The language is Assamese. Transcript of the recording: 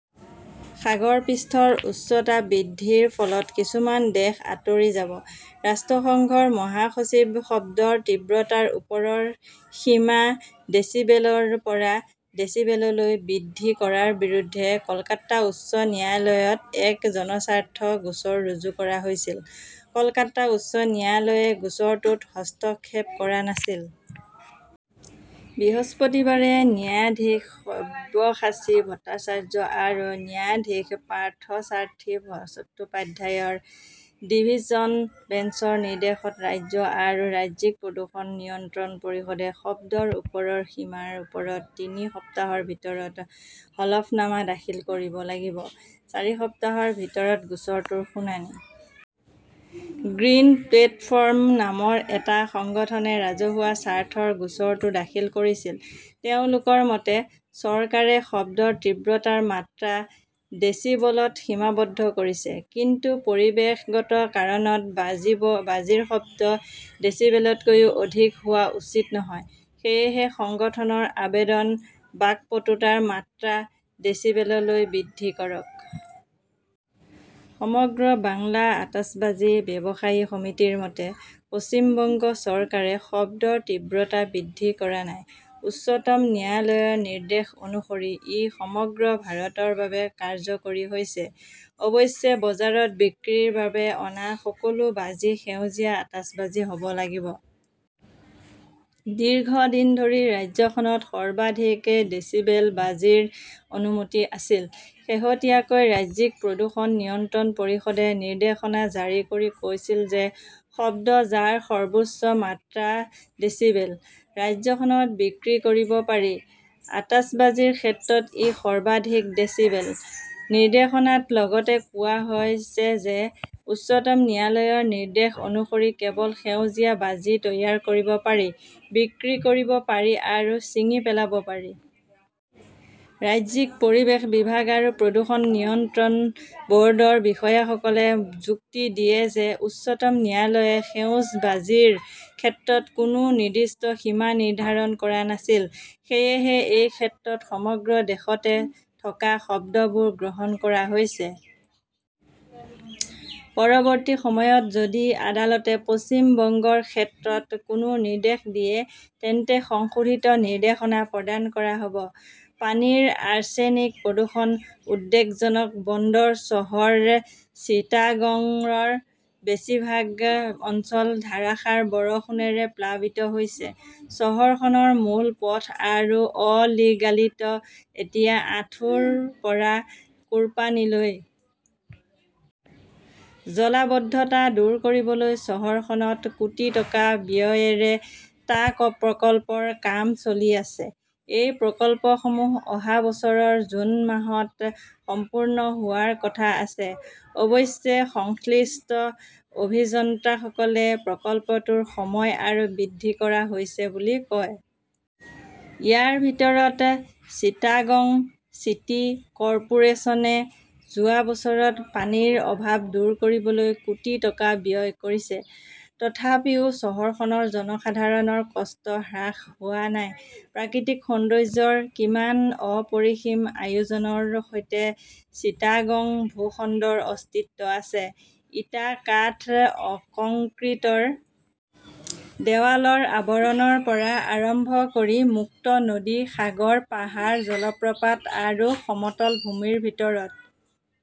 সাগৰ পৃষ্ঠৰ উচ্চতা বৃদ্ধিৰ ফলত কিছুমান দেশ আঁতৰি যাবঃ ৰাষ্ট্ৰসংঘৰ মহাসচিব শব্দৰ তীব্ৰতাৰ ওপৰৰ সীমা ডেছিবেলৰ পৰা ডেছিবেললৈ বৃদ্ধি কৰাৰ বিৰুদ্ধে কলকাতা উচ্চ ন্যায়ালয়ত এক জনস্বাৰ্থ গোচৰ ৰুজু কৰা হৈছিল। কলকাতা উচ্চ ন্যায়ালয়ে গোচৰটোত হস্তক্ষেপ কৰা নাছিল। বৃহস্পতিবাৰে ন্যায়াধীশ সব্যসাচী ভট্টাচাৰ্য আৰু ন্যায়াধীশ পাৰ্থসাৰ্থী চট্টোপাধ্যায়ৰ ডিভিছন বেঞ্চৰ নিৰ্দেশত ৰাজ্য আৰু ৰাজ্যিক প্ৰদূষণ নিয়ন্ত্ৰণ পৰিষদে শব্দৰ ওপৰৰ সীমাৰ ওপৰত তিনি সপ্তাহৰ ভিতৰত হলফনামা দাখিল কৰিব লাগিব। চাৰি সপ্তাহৰ পিছত গোচৰটোৰ শুনানি। 'গ্ৰীণ প্লেটফৰ্ম "নামৰ এটা সংগঠনে ৰাজহুৱা স্বাৰ্থৰ গোচৰটো দাখিল কৰিছিল। তেওঁলোকৰ মতে, চৰকাৰে শব্দৰ তীব্ৰতাৰ মাত্ৰা ডেছিবলত সীমাবদ্ধ কৰিছে। কিন্তু পৰিৱেশগত কাৰণত বাজিৰ শব্দ ডেসিবেলতকৈ অধিক হোৱা উচিত নহয়। সেয়েহে সংগঠনৰ আবেদন, বাকপটুতাৰ মাত্ৰা ডেসিবেললৈ বৃদ্ধি কৰক। সমগ্ৰ বাংলা আতচবাজী ব্যৱসায়ী সমিতিৰ মতে, পশ্চিম বংগ চৰকাৰে শব্দৰ তীব্ৰতা বৃদ্ধি কৰা নাই। উচ্চতম ন্যায়ালয়ৰ নিৰ্দেশ অনুসৰি ই সমগ্ৰ ভাৰতৰ বাবে কাৰ্যকৰী হৈছে। অৱশ্যে, বজাৰত বিক্ৰীৰ বাবে অনা সকলো বাজি সেউজীয়া আতচবাজী হ 'ব লাগিব। দীৰ্ঘদিন ধৰি ৰাজ্যখনত সৰ্বাধিক ডেচিবেল বাজিৰ অনুমতি আছিল। শেহতীয়াকৈ ৰাজ্যিক প্ৰদূষণ নিয়ন্ত্ৰণ পৰিষদে নিৰ্দেশনা জাৰি কৰি কৈছিল যে শব্দ, যাৰ সৰ্বোচ্চ মাত্ৰা ডেছিবেল, ৰাজ্যখনত বিক্ৰী কৰিব পাৰি। আতচবাজীৰ ক্ষেত্ৰত ই সৰ্বাধিক ডেচিবেল। নিৰ্দেশনাত লগতে কোৱা হৈছে যে উচ্চতম ন্যায়ালয়ৰ নিৰ্দেশ অনুসৰি কেৱল সেউজীয়া বাজি তৈয়াৰ কৰিব পাৰি, বিক্ৰী কৰিব পাৰি আৰু ছিঙি পেলাব পাৰি। ৰাজ্যিক পৰিৱেশ বিভাগ আৰু প্ৰদূষণ নিয়ন্ত্ৰণ ব "ৰ্ডৰ বিষয়াসকলে যুক্তি দিয়ে যে উচ্চতম ন্যায়ালয়ে সেউজ বাজিৰ ক্ষেত্ৰত কোনো নিৰ্দিষ্ট সীমা নিৰ্ধাৰণ কৰা নাছিল। সেয়েহে এই ক্ষেত্ৰত সমগ্ৰ দেশতে থকা শব্দবোৰ গ্ৰহণ কৰা হৈছে। পৰৱৰ্তী সময়ত যদি আদালতে পশ্চিম বংগৰ ক্ষেত্ৰত কোনো নিৰ্দেশ দিয়ে, তেন্তে সংশোধিত নিৰ্দেশনা প্ৰদান কৰা হ 'ব। পানীৰ আৰ্ছেনিক প্ৰদূষণ উদ্বেগজনক বন্দৰ চহৰ চিটাগংৰ বেছিভাগ অঞ্চল ধাৰাসাৰ বৰষুণেৰে প্লাবিত হৈছে। চহৰখনৰ মূল পথ আৰু অ 'লিগালিত এতিয়া আঁঠুৰ পৰা কোৰ্পানীলৈ। জলাবদ্ধতা দূৰ কৰিবলৈ চহৰখনত কোটি টকা ব্যয়েৰে টা প্ৰকল্পৰ কাম চলি আছে। এই প্ৰকল্পসমূহ অহা বছৰৰ জুন মাহত সম্পূৰ্ণ হোৱাৰ কথা আছে। অৱশ্যে, সংশ্লিষ্ট অভিযন্তাসকলে প্ৰকল্পটোৰ সময় আৰু বৃদ্ধি কৰা হৈছে বুলি কয়। ইয়াৰ ভিতৰত চিটাগং চিটি কৰ্পোৰেচনে যোৱা বছৰত পানীৰ অভাৱ দূৰ কৰিবলৈ কোটি টকা ব্যয় কৰিছে। তথাপিও চহৰখনৰ জনসাধাৰণৰ কষ্ট হ্ৰাস হোৱা নাই। প্ৰাকৃতিক সৌন্দৰ্য্যৰ কিমান অপৰিসীম আয়োজনৰ সৈতে চিটাগং ভূখণ্ডৰ অস্তিত্ব আছে! ইটা-কাঠ-কংক্ৰিটৰ দেৱালৰ আৱৰণৰ পৰা আৰম্ভ কৰি মুক্ত নদী, সাগৰ, পাহাৰ, জলপ্ৰপাত আৰু সমতল ভূমিৰ ভিতৰত